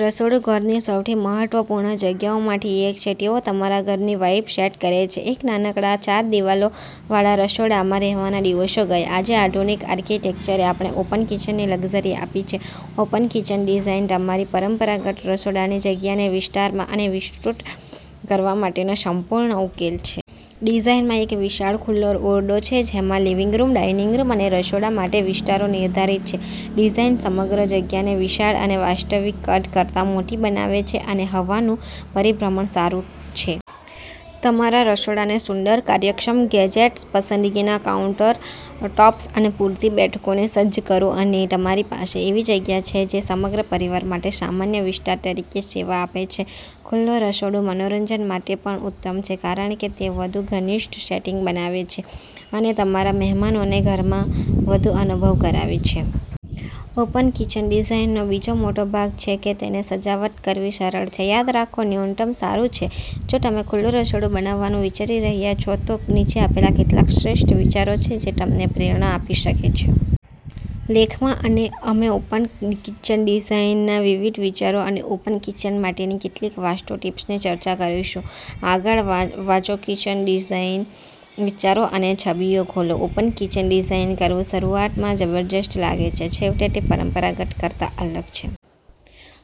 રસોડું ઘરની સૌથી મહત્વપૂર્ણ જગ્યાઓમાંથી એક છે. તેઓ તમારા ઘરની વાઇબ સેટ કરે છે. એક નાનકડા, ચાર દીવાલો વાળા રસોડામાં રહેવાના દિવસો ગયા. આજે આધુનિક આર્કિટેક્ચરે આપણને ઓપન કિચનની લક્ઝરી આપી છે. ઓપન કિચન ડિઝાઇન તમારી પરંપરાગત રસોડાની જગ્યાને વિસ્તારવા અને વિસ્તૃત કરવા માટેનો સંપૂર્ણ ઉકેલ છે. ડિઝાઇનમાં એક વિશાળ ખુલ્લો ઓરડો છે જેમાં લિવિંગ રૂમ, ડાઇનિંગ રૂમ અને રસોડા માટે વિસ્તારો નિર્ધારિત છે. ડિઝાઇન સમગ્ર જગ્યાને વિશાળ અને વાસ્તવિક કદ કરતાં મોટી બનાવે છે અને હવાનું પરિભ્રમણ સારું છે. તમારા રસોડાને સુંદર, કાર્યક્ષમ ગેજેટ્સ, પસંદગીના કાઉન્ટરટૉપ્સ અને પૂરતી બેઠકોથી સજ્જ કરો અને તમારી પાસે એવી જગ્યા છે જે સમગ્ર પરિવાર માટે સામાન્ય વિસ્તાર તરીકે સેવા આપે છે. ખુલ્લું રસોડું મનોરંજન માટે પણ ઉત્તમ છે કારણ કે તે વધુ ઘનિષ્ઠ સેટિંગ બનાવે છે અને તમારા મહેમાનોને ઘરમાં વધુ અનુભવ કરાવે છે. ઓપન કિચન ડિઝાઈનનો બીજો મોટો ભાગ છે કે તેને સજાવટ કરવી સરળ છે. યાદ રાખો, ન્યૂનતમ સારું છે. જો તમે ખુલ્લું રસોડું બનાવવાનું વિચારી રહ્યા છો, તો નીચે આપેલા કેટલાક શ્રેષ્ઠ વિચારો છે જે તમને પ્રેરણા આપી શકે છે. લેખમાં અમે ઓપન કિચન ડિઝાઇનના વિવિધ વિચારો અને ઓપન કિચન માટેની કેટલીક વાસ્તુ ટીપ્સની ચર્ચા કરીશું. આગળ વાંચોકિચન ડિઝાઇન વિચારો અને છબીઓ ખોલો, ઓપન કિચન ડિઝાઇન કરવું શરૂઆતમાં જબરજસ્ત લાગે છે. છેવટે, તે પરંપરાગત કરતાં અલગ છે.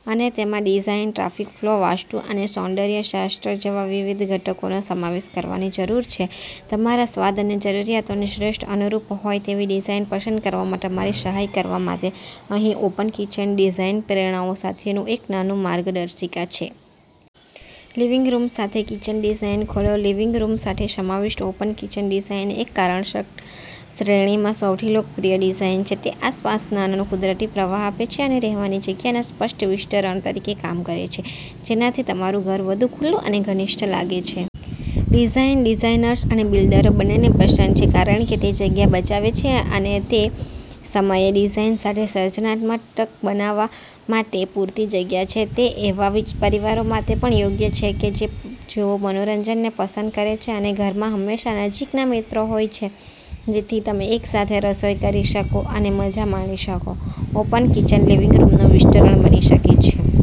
અને તેમાં ડિઝાઈન, ટ્રાફિક ફ્લો, વાસ્તુ અને સૌંદર્ય શાસ્ત્ર જેવા વિવિધ ઘટકોનો સમાવેશ કરવાની જરૂર છે. તમારા સ્વાદ અને જરૂરિયાતોને શ્રેષ્ઠ અનુરૂપ હોય તેવી ડિઝાઇન પસંદ કરવામાં તમારી સહાય કરવા માટે અહીં ઓપન કિચન ડિઝાઇન પ્રેરણાઓ સાથેનું એક નાનું માર્ગદર્શિકા છે. લિવિંગ રૂમ સાથે કિચન ડિઝાઇન ખોલો લિવિંગ રૂમ સાથે સમાવિષ્ટ ઓપન કિચન ડિઝાઇન એક કારણસર શ્રેણીમાં સૌથી લોકપ્રિય ડિઝાઇન છે. તે આસપાસનાને કુદરતી પ્રવાહ આપે છે અને રહેવાની જગ્યાના સ્પષ્ટ વિસ્તરણ તરીકે કામ કરે છે જેનાથી તમારું ઘર વધુ ખુલ્લું અને ઘનિષ્ઠ લાગે છે. ડિઝાઇન ડિઝાઇનર્સ અને બિલ્ડરો બંનેને પસંદ છે કારણ કે તે જગ્યા બચાવે છે અને તે સમયે ડિઝાઇન સાથે સર્જનાત્મક બનવા માટે પૂરતી જગ્યા છે. તે એવા પરિવારો માટે પણ યોગ્ય છે કે જેઓ મનોરંજનને પસંદ કરે છે અને ઘરમાં હંમેશા નજીકના મિત્રો હોય છે જેથી તમે એકસાથે રસોઇ કરી શકો અને મજા માણી શકો. ઓપન કિચન લિવિંગ રૂમનું વિસ્તરણ બની શકે છે.